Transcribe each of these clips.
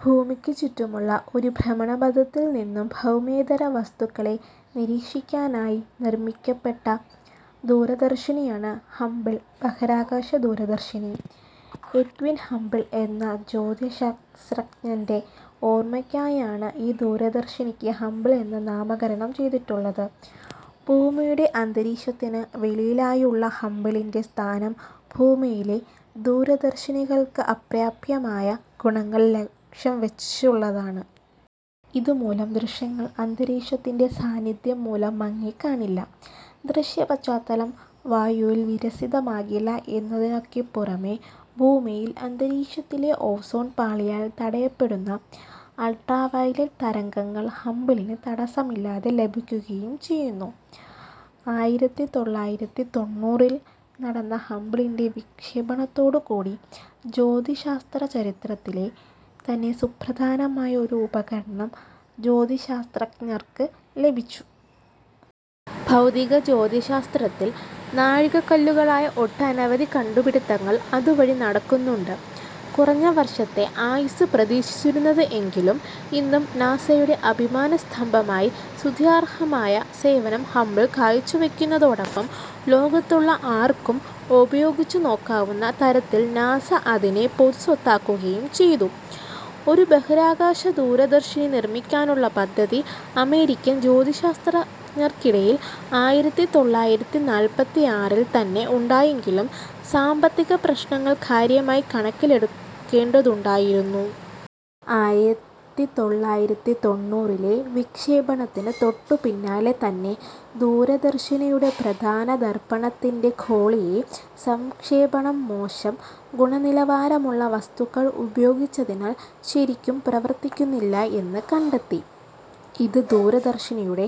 ഭൂമിയ്ക്കു ചുറ്റുമുള്ള ഒരു ഭ്രമണപഥത്തിൽ നിന്നും ഭൗമേതര വസ്തുക്കളെ നിരീക്ഷിക്കാനായി നിർമ്മിക്കപ്പെട്ട ദൂരദർശിനിയാണ് ഹബിൾ ബഹിരാകാശ ദൂരദർശിനി. എഡ്വിൻ ഹബിൾ എന്ന ജ്യോതിശാസ്ത്രജ്ഞൻ്റെ ഓർമ്മക്കായാണ് ഈ ദൂരദർശിനിക്ക് ഹബിൾ എന്ന് നാമകരണം ചെയ്തിട്ടുള്ളത്. ഭൂമിയുടെ അന്തരീക്ഷത്തിന് വെളിയിലായുള്ള ഹബിളിൻ്റെ സ്ഥാനം ഭൂമിയിലെ ദൂരദർശിനികൾക്ക് അപ്രാപ്യമായ ഗുണങ്ങൾ ലക്ഷ്യം വച്ചുള്ളതാണ്. ഇതുമൂലം ദൃശ്യങ്ങൾ അന്തരീക്ഷത്തിൻ്റെ സാന്നിദ്ധ്യം മൂലം മങ്ങിക്കാണില്ല, ദൃശ്യപശ്ചാത്തലം വായുവിൽ വിരസിതമാകില്ല എന്നതിനൊക്കെപ്പുറമേ ഭൂമിയിൽ അന്തരീക്ഷത്തിലെ ഓസോൺ പാളിയാൽ തടയപ്പെടുന്ന അൾട്രാവയലറ്റ് തരംഗങ്ങൾ ഹബിളിന് തടസ്സമില്ലാതെ ലഭിക്കുകയും ചെയ്യുന്നു. ആയിരത്തി തൊള്ളായിരത്തി തൊണ്ണൂറിൽ നടന്ന ഹബിളിൻ്റെ വിക്ഷേപണത്തോടു കൂടി ജ്യോതിശാസ്ത്ര ചരിത്രത്തിലെ തന്നെ സുപ്രധാനമായ ഒരു ഉപകരണം ജ്യോതിശാസ്ത്രജ്ഞർക്ക് ലഭിച്ചു. ഭൗതിക ജ്യോതിശാസ്ത്രത്തിൽ നാഴികക്കല്ലുകളായ ഒട്ടനവധി കണ്ടുപിടിത്തങ്ങൾ അതുവഴി നടക്കുന്നുണ്ട്. കുറഞ്ഞ വർഷത്തെ ആയുസ്സ് പ്രതീക്ഷിച്ചിരുന്നതെങ്കിലും ഇന്നും നാസയുടെ അഭിമാനസ്തംഭമായി സ്തുത്യർഹമായ സേവനം ഹബിൾ കാഴ്ചവയ്ക്കുന്നതോടൊപ്പം ലോകത്തുള്ള ആർക്കും ഉപയോഗിച്ചു നോക്കാവുന്ന തരത്തിൽ നാസ അതിനെ പൊതുസ്വത്താക്കുകയും ചെയ്തു. ഒരു ബഹിരാകാശ ദൂരദർശിനി നിർമ്മിക്കാനുള്ള പദ്ധതി അമേരിക്കൻ ജ്യോതിശാസ്ത്രജ്ഞർക്കിടയിൽ ആയിരത്തി തൊള്ളായിരത്തി നാൽപ്പത്തി ആറിൽ തന്നെ ഉണ്ടായെങ്കിലും സാമ്പത്തിക പ്രശ്നങ്ങൾ കാര്യമായി കണക്കിലെടുക്കേണ്ടതുണ്ടായിരുന്നു. ആയിരത്തി തൊള്ളായിരത്തി തൊണ്ണൂറിലെ വിക്ഷേപണത്തിന് തൊട്ടുപിന്നാലെ തന്നെ ദൂരദർശിനിയുടെ പ്രധാന ദർപ്പണത്തിൻ്റെ ഗോളീജ് സംക്ഷേപണം മോശം ഗുണനിലവാരമുള്ള വസ്തുക്കൾ ഉപയോഗിച്ചതിനാൽ ശരിക്കും പ്രവർത്തിക്കുന്നില്ല എന്ന് കണ്ടെത്തി. ഇത് ദൂരദർശിനിയുടെ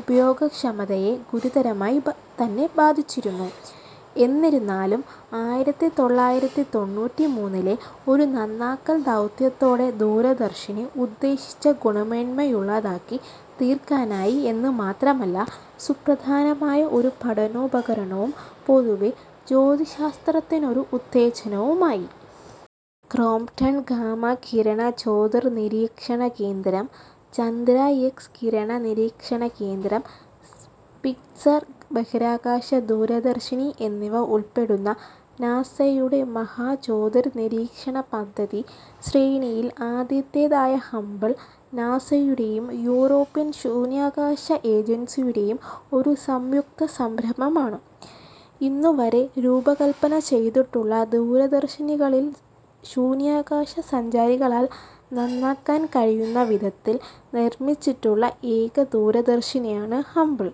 ഉപയോഗക്ഷമതയെ ഗുരുതരമായി തന്നെ ബാധിച്ചിരുന്നു. എന്നിരുന്നാലും ആയിരത്തി തൊള്ളായിരത്തി തൊണ്ണൂറ്റിമൂന്നിലെ ഒരു നന്നാക്കൽ ദൗത്യത്തോടെ ദൂരദർശിനി ഉദ്ദേശിച്ച ഗുണമേന്മയുള്ളതാക്കി തീർക്കാനായി എന്ന് മാത്രമല്ല സുപ്രധാനമായ ഒരു പഠനോപകരണവും പൊതുവേ ജ്യോതിശാസ്ത്രത്തിനൊരു ഉത്തേജനവുമായി. ക്രോംപ്റ്റൺ ഗാമാ കിരണ ജ്യോതിർനിരീക്ഷണ കേന്ദ്രം, ചന്ദ്രാ എക്സ്-കിരണ നിരീക്ഷണ കേന്ദ്രം, സ്പിറ്റ്സർ ബഹിരാകാശ ദൂരദർശിനി എന്നിവ ഉൾപ്പെടുന്ന നാസയുടെ മഹാ ജ്യോതിർനിരീക്ഷണ പദ്ധതി ശ്രേണിയിൽ ആദ്യത്തേതായ ഹബിൾ, നാസയുടെയും യൂറോപ്യൻ ശൂന്യാകാശ ഏജൻസിയുടെയും ഒരു സംയുക്ത സംരംഭമാണ്. ഇന്നുവരെ രൂപകല്പന ചെയ്തിട്ടുള്ള ദൂരദർശിനികളിൽ ശൂന്യാകാശ സഞ്ചാരികളാൽ നന്നാക്കാൻ കഴിയുന്ന വിധത്തിൽ നിർമ്മിച്ചിട്ടുള്ള ഏക ദൂരദർശിനിയാണ് ഹബിൾ.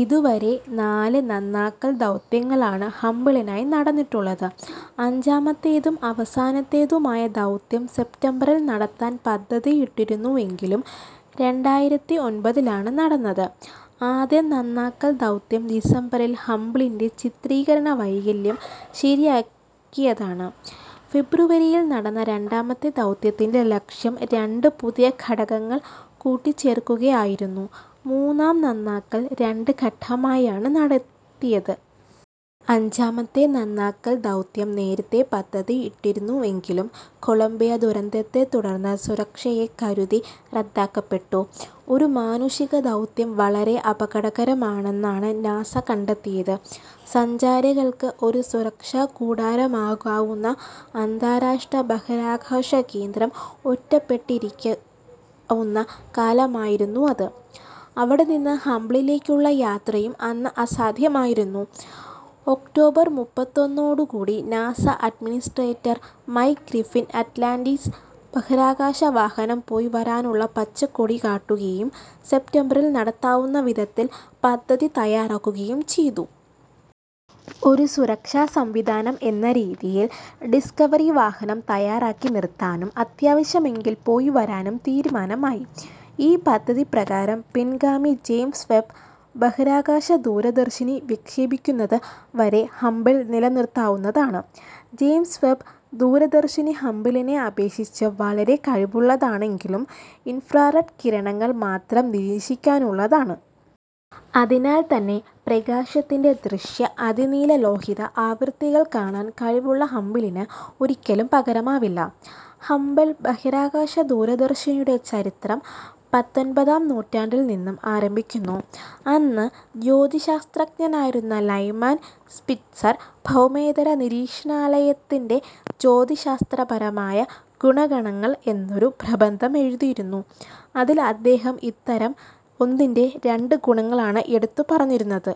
ഇതുവരെ നാല് നന്നാക്കൽ ദൗത്യങ്ങളാണ് ഹബിളിനായി നടന്നിട്ടുള്ളത്. അഞ്ചാമത്തേതും അവസാനത്തേതുമായ ദൗത്യം സെപ്റ്റംബറിൽ നടത്താൻ പദ്ധതിയിട്ടിരുന്നുവെങ്കിലും രണ്ടായിരത്തി ഒൻപതിലാണ് നടന്നത്. ആദ്യ നന്നാക്കൽ ദൗത്യം ഡിസംബറിൽ ഹബിളിൻ്റെ ചിത്രീകരണ വൈകല്യം ശരിയാക്കിയതാണ്. ഫെബ്രുവരിയിൽ നടന്ന രണ്ടാമത്തെ ദൗത്യത്തിൻ്റെ ലക്ഷ്യം രണ്ട് പുതിയ ഘടകങ്ങൾ കൂട്ടിച്ചേർക്കുകയായിരുന്നു. മൂന്നാം നന്നാക്കൽ രണ്ട് ഘട്ടമായാണ് നടത്തിയത്. അഞ്ചാമത്തെ നന്നാക്കൽ ദൗത്യം നേരത്തെ പദ്ധതിയിട്ടിരുന്നു എങ്കിലും കൊളംബിയ ദുരന്തത്തെ തുടർന്ന് സുരക്ഷയെ കരുതി റദ്ദാക്കപ്പെട്ടു. ഒരു മാനുഷിക ദൗത്യം വളരെ അപകടകരമാണെന്നാണ് നാസ കണ്ടെത്തിയത്. സഞ്ചാരികൾക്ക് ഒരു സുരക്ഷാകൂടാരമാകാവുന്ന അന്താരാഷ്ട്ര ബഹിരാകാശ കേന്ദ്രം ഒറ്റപ്പെട്ടിരിക്കാവുന്ന കാലമായിരുന്നു അത്. അവിടെനിന്ന് ഹബിളിലേക്കുള്ള യാത്രയും അന്ന് അസാധ്യമായിരുന്നു. ഒക്ടോബർ മുപ്പത്തൊന്നോടു കൂടി NASA administrator Mike Griffin Atlantis ബഹിരാകാശ വാഹനം പോയി വരാനുള്ള പച്ചക്കൊടി കാട്ടുകയും, സെപ്റ്റംബറിൽ നടത്താവുന്ന വിധത്തിൽ പദ്ധതി തയ്യാറാക്കുകയും ചെയ്തു. ഒരു സുരക്ഷാസംവിധാനം എന്ന രീതിയിൽ ഡിസ്കവറി വാഹനം തയ്യാറാക്കി നിർത്താനും അത്യാവശ്യമെങ്കിൽ പോയി വരാനും തീരുമാനമായി. ഈ പദ്ധതിപ്രകാരം പിൻഗാമി ജെയിംസ് വെബ് ബഹിരാകാശ ദൂരദർശിനി വിക്ഷേപിക്കുന്നത് വരെ ഹബിൾ നിലനിർത്താവുന്നതാണ്. ജെയിംസ് വെബ് ദൂരദർശിനി ഹബിളിനെ അപേക്ഷിച്ച് വളരെ കഴിവുള്ളതാണെങ്കിലും ഇൻഫ്രാറെഡ് കിരണങ്ങൾ മാത്രം നിരീക്ഷിക്കാനുള്ളതാണ്. അതിനാൽ തന്നെ പ്രകാശത്തിൻ്റെ ദൃശ്യ അതിനീലലോഹിത ആവൃത്തികൾ കാണാൻ കഴിവുള്ള ഹബിളിന് ഒരിക്കലും പകരമാവില്ല. ഹബിൾ ബഹിരാകാശ ദൂരദർശിനിയുടെ ചരിത്രം പത്തൊൻപതാം നൂറ്റാണ്ടിൽ നിന്ന് ആരംഭിക്കുന്നു. അന്ന് ജ്യോതിശാസ്ത്രജ്ഞനായിരുന്ന ലൈമാൻ സ്പിറ്റ്സർ "ഭൗമേതര നിരീക്ഷണാലയത്തിൻ്റെ ജ്യോതിശാസ്ത്രപരമായ ഗുണഗണങ്ങൾ" എന്നൊരു പ്രബന്ധം എഴുതിയിരുന്നു. അതിൽ അദ്ദേഹം ഇത്തരം ഒന്നിൻ്റെ രണ്ട് ഗുണങ്ങളാണ് എടുത്തു പറഞ്ഞിരുന്നത്.